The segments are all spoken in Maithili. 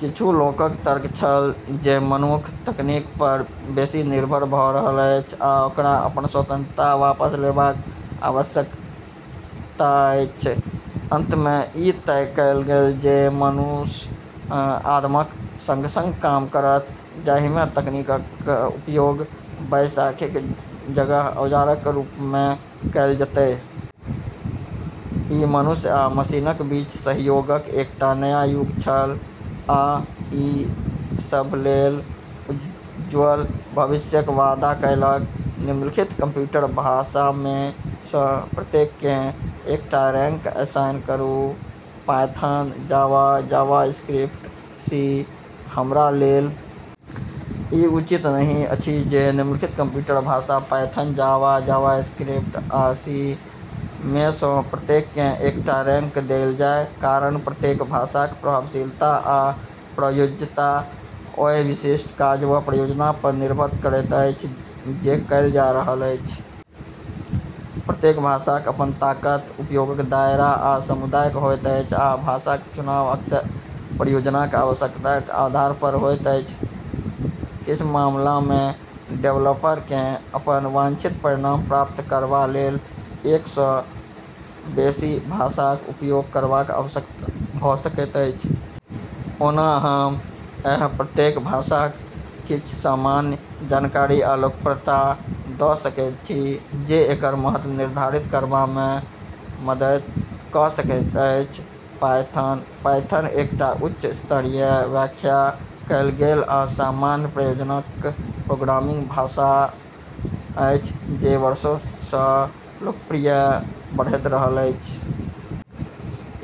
किछु लोकक तर्क छल जे मनुख तकनीक पर बेसी निर्भर भ’ रहल अछि, आ ओकरा अपन स्वतंत्रता वापस लेबाक आवश्यकता अछि। अंतमे ई तय कएल गेल जे मनुष्य आदमक संग-संग काम करत, जाहिमे तकनीकक उपयोग बैसाखीक जगह औजारक रूपमे कएल जेतै। ई मनुष्य आ मशीनक बीच सहयोगक एकटा नया युग छल, आ ई सभ लेल उज्ज्वल भविष्यक वादा कएलक। निम्नलिखित कंप्यूटर भाषामे सँ प्रत्येककेँ एकटा रैंक असाइन करू: पायथन, जावा, जावास्क्रिप्ट, सी। हमरा लेल ई उचित नहि अछि जे निम्नलिखित कंप्यूटर भाषा - पायथन, जावा, जावास्क्रिप्ट, आ सी - मे सँ प्रत्येककेँ एकटा रैंक देल जाय कारण प्रत्येक भाषाक प्रभावशीलता आ प्रयोज्यता ओहि विशिष्ट काज वा परियोजना पर निर्भर करैत अछि जे कएल जा रहल अछि। प्रत्येक भाषाक अपन ताकत, उपयोगक दायरा, आ समुदाय होइत अछि, आ भाषाक चुनाव अक्सर परियोजनाक आवश्यकताक आधार पर होइत अछि। किछु मामलामे डेवलपरकेँ अपन वांछित परिणाम प्राप्त करबा लेल एक सँ बेसी भाषाक उपयोग करबाक आवश्यकता भ’ सकैत अछि। ओना हम एहि प्रत्येक भाषाक किछु सामान्य जानकारी आ लोकप्रियता द’ सकैत छी, जे एकर महत्व निर्धारित करबामे मदति क’ सकैत अछि। पायथन: पायथन एकटा उच्च स्तरीय, व्याख्या कएल गेल आ सामान्य प्रयोजनक प्रोग्रामिंग भाषा अछि जे वर्षों सँ लोकप्रियता बढ़ैत रहल अछि।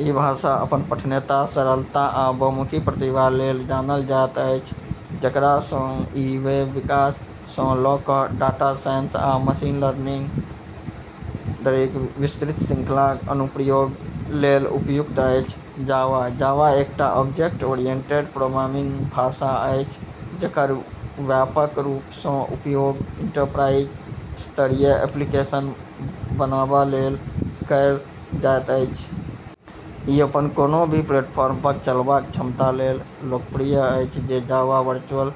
ई भाषा अपन पठनीयता, सरलता, आ बहुमुखी प्रतिभा लेल जानल जाइत अछि, जेकरा सँ ई वेब विकास सँ ल’ क’ डाटा साइंस आ मशीन लर्निंग धरिक विस्तृत श्रृंखलाक अनुप्रयोग लेल उपयुक्त अछि। जावा: जावा एकटा ऑब्जेक्ट-ओरिएंटेड प्रोग्रामिंग भाषा अछि जेकर व्यापक रूप सँ उपयोग एंटरप्राइज-स्तरीय एप्लीकेशन बनाबा लेल कएल जाइत अछि। ई अपन कोनो भी प्लेटफॉर्म पर चलबाक क्षमता लेल लोकप्रिय अछि जे जावा वर्चुअल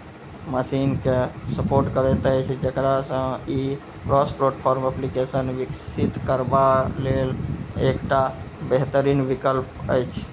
मशीनकेँ सपोर्ट करैत अछि, जेकरा सँ ई क्रॉस-प्लेटफॉर्म एप्लीकेशन विकसित करबा लेल एकटा बेहतरीन विकल्प अछि।